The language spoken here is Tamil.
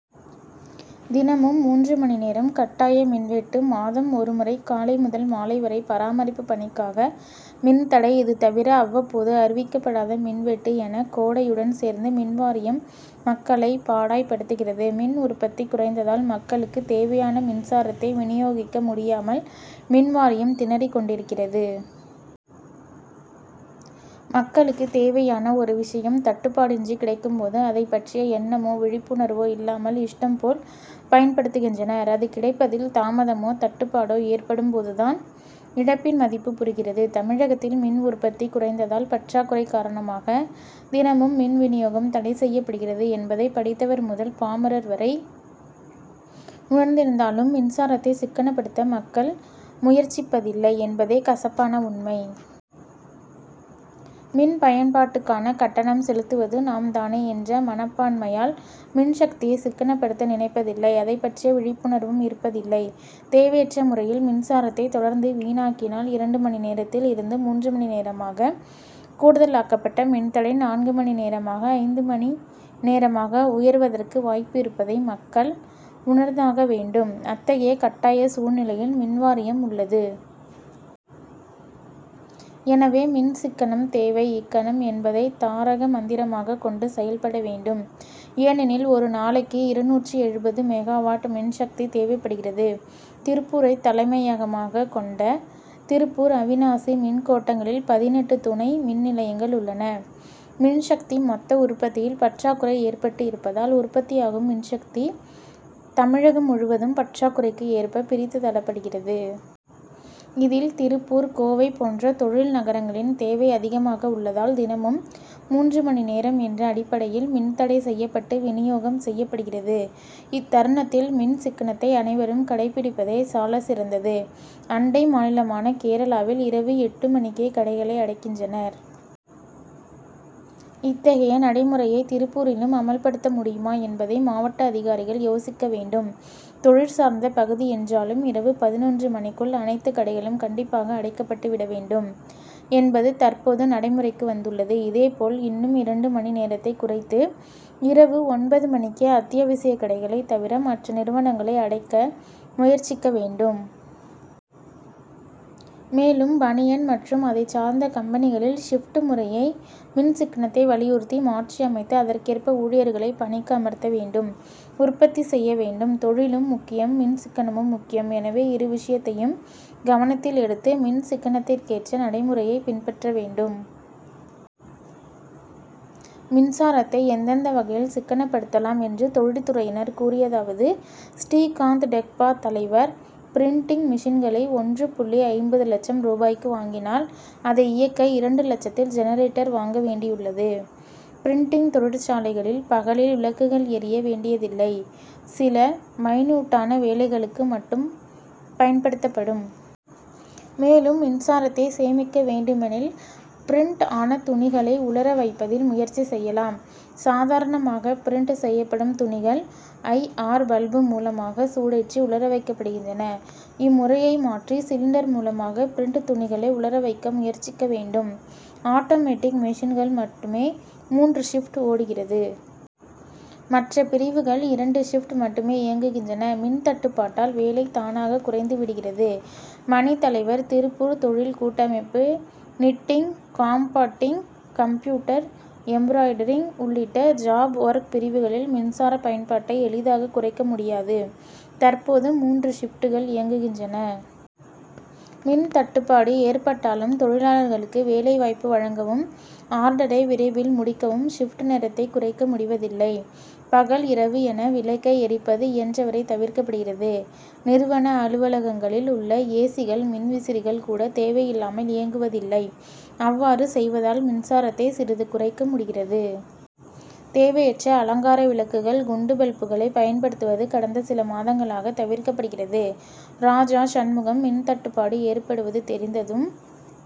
தினமும் மூன்று மணி நேரம் கட்டாய மின்வெட்டு; மாதம் ஒருமுறை காலை முதல் மாலை வரை பராமரிப்பு பணிக்காக மின்தடை இதுதவிர அவ்வப்போது அறிவிக்கப்படாத மின்வெட்டு என கோடையுடன் சேர்ந்து மின்வாரியம் மக்களை பாடாய்படுத்துகிறது. மின் உற்பத்தி குறைந்ததால் மக்களுக்கு தேவையான மின்சாரத்தை வினியோகிக்க முடியாமல் மின்வாரியம் திணறிக் கொண்டிருக்கிறது. மக்களுக்கு தேவையான ஒரு விஷயம் தட்டுப்பாடின்றி கிடைக்கும்போது அதைப்பற்றிய எண்ணமோ விழிப்புணர்வோ இல்லாமல் இஷ்டம் போல் பயன்படுத்துகின்றனர் அது கிடைப்பதில் தாமதமோ தட்டுப்பாடோ ஏற்படும் போதுதான் இழப்பின் மதிப்பு புரிகிறது. தமிழகத்தில் மின் உற்பத்தி குறைந்ததால் பற்றாக்குறை காரணமாக தினமும் மின் வினியோகம் தடை செய்யப் படுகிறது என்பதை படித்தவர் முதல் பாமரர் வரை உணர்ந்திருந்தாலும் மின்சாரத்தை சிக்கனப்படுத்த மக்கள் முயற்சிப் பதில்லை என்பதே கசப்பான உண்மை. மின்பயன்பாட்டுக்கான கட்டணம் செலுத்துவது நாம் தானே என்ற மனப்பான்மையால் மின்சக்தியை சிக்கனப்படுத்த நினைப்பதில்லை அதைப்பற்றிய விழிப்புணர்வும் இருப்பதில்லை. தேவையற்ற முறையில் மின்சாரத்தை தொடர்ந்து வீணாக்கினால் இரண்டு மணி நேரத்தில் இருந்து மூன்று மணி நேரமாக கூடுதலாக்கப்பட்ட மின்தடை நான்கு மணி நேரமாக ஐந்து மணி நேரமாக உயர்வதற்கு வாய்ப்பு இருப்பதை மக்கள் உணர்ந்தாக வேண்டும் அத்தகைய கட்டாய சூழ்நிலையில் மின்வாரியம் உள்ளது. எனவே மின்சிக்கனம் தேவை இக்கணம் என்பதை தாரக மந்திரமாக கொண்டு செயல்பட வேண்டும். ஏனெனில் ஒரு நாளைக்கு இருநூற்று எழுபது மெகாவாட் மின் சக்தி தேவைப்படுகிறது. திருப்பூரை தலைமையாக கொண்ட திருப்பூர் அவிநாசி மின்கோட்டங்களில் பதினெட்டு துணை மின்நிலையங்கள் உள்ளன. மின்சக்தி மொத்த உற்பத்தியில் பற்றாக்குறை ஏற்பட்டு இருப்பதால் உற்பத்தியாகும் மின் சக்தி தமிழகம் முழுவதும் பற்றாக்குறைக்கு ஏற்ப பிரித்து தரப்படுகிறது. இதில் திருப்பூர், கோவை போன்ற தொழில் நகரங்களின் தேவை அதிகமாக உள்ளதால் தினமும் மூன்று மணி நேரம் என்ற அடிப்படையில் மின் தடை செய்யப்பட்டு வினியோகம் செய்யப்படுகிறது. இத்தருணத்தில் மின் சிக்கனத்தை அனைவரும் கடைபிடிப்பதே சாலச்சிறந்தது. அண்டை மாநிலமான கேரளாவில் இரவு எட்டு மணிக்கே கடைகளை அடைக்கின்றனர். இத்தகைய நடைமுறையை திருப்பூரிலும் அமல்படுத்த முடியுமா என்பதை மாவட்ட அதிகாரிகள் யோசிக்க வேண்டும். தொழில் சார்ந்த பகுதி என்றாலும், இரவு பதினொன்று மணிக்குள் அனைத்து கடைகளும் கண்டிப்பாக அடைக்கப்பட்டு விட வேண்டும் என்பது தற்போது நடைமுறைக்கு வந்துள்ளது. இதேபோல் இன்னும் இரண்டு மணி நேரத்தை குறைத்து, இரவு ஒன்பது மணிக்கே அத்தியாவசியகடைகளை தவிர மற்ற நிறுவனங்களை அடைக்க முயற்சிக்க வேண்டும். மேலும் பனியன் மற்றும் அதைச்சார்ந்த கம்பெனிகளில் ஷிப்டு முறையை மின் சிக்கனத்தை வலியுறுத்தி மாற்றியமைத்து அதற்கேற்ப ஊழியர்களை பணிக்கு அமர்த்த வேண்டும் உற்பத்தி செய்ய வேண்டும். தொழிலும் முக்கியம் மின் சிக்கனமும் முக்கியம். எனவே இரு விஷயத்தையும் கவனத்தில் எடுத்து மின் சிக்கனத்துக்கேற்ற நடைமுறையை பின்பற்ற வேண்டும். மின்சாரத்தை எந்தெந்த வகையில் சிக்கனப்படுத்தலாம் என்று தொழில் துறையினர் கூறியதாவது:ஸ்ரீகாந்த் டெக்பா தலைவர் பிரின்டிங் மெஷின்களை ஒன்று புள்ளி ஐம்பது லட்சம் ரூபாய்க்கு வாங்கினால் அதை இயக்க இரண்டு லட்சத்தில் ஜெனரேட்டர் வாங்க வேண்டியுள்ளது. பிரின்டிங் தொழிற் சாலைகளில் பகலில் விளக்குகள் எரிய வேண்டியதில்லை. சில மைனூட்டான வேலைகளுக்கு மட்டும் பயன்படுத்தப்படும். மேலும் மின்சாரத்தை சேமிக்க வேண்டுமெனில் பிரின்ட் ஆன துணிகளை உலர வைப்பதில் முயற்சி செய்யலாம். சாதாரணமாக பிரின்ட் செய்யப்படும் துணிகள் ஐ. ஆர். பல்பு மூலமாக சூடேற்றி உலர வைக்கப்படுகின்றன. இம்முறையை மாற்றி சிலிண்டர் மூலமாக பிரின்ட் துணிகளை உலர வைக்க முயற்சிக்க வேண்டும். ஆட்டோமேட்டிக் மெஷின்கள் மட்டுமே மூன்று ஷிப்ட் ஓடுகிறது. மற்றபிரிவுகள் இரண்டு ஷிப்ட் மட்டுமே இயங்குகின்றன. மின் தட்டுப்பாட்டால் வேலை தானாக குறைந்து விடுகிறது. மணி தலைவர் திருப்பூர் தொழில் கூட்டமைப்பு நிட்டிங் காம்பாக்டிங் கம்ப்யூட்டர் எம்ப்ராய்டரிங் உள்ளிட்ட ஜாப் ஒர்க் பிரிவுகளில் மின்சார பயன்பாட்டை எளிதாக குறைக்க முடியாது. தற்போது மூன்று ஷிப்ட்கள் இயங்குகின்றன. மின் தட்டுப்பாடு ஏற்பட்டாலும் தொழிலாளர்களுக்கு வேலைவாய்ப்பு வழங்கவும் ஆர்டரை விரைவில் முடிக்கவும் ஷிப்ட் நேரத்தை குறைக்க முடிவதில்லை. பகல் இரவு என விளக்கை எரிப்பது இயன்ற வரை தவிர்க்கப்படுகிறது. நிறுவன அலுவலகங்களில் உள்ள ஏசிகள் மின்விசிறிகள் கூட தேவையில்லாமல் இயக்குவதில்லை. அவ்வாறு செய்வதால் மின்சாரத்தை சிறிது குறைக்க முடிகிறது. தேவையற்ற அலங்கார விளக்குகள் குண்டு பல்புகளை பயன்படுத்துவது கடந்த சில மாதங்களாக தவிர்க்கப்படுகிறது. ராஜாசண்முகம்: மின்தட்டுப்பாடு ஏற்படுவது தெரிந்ததும்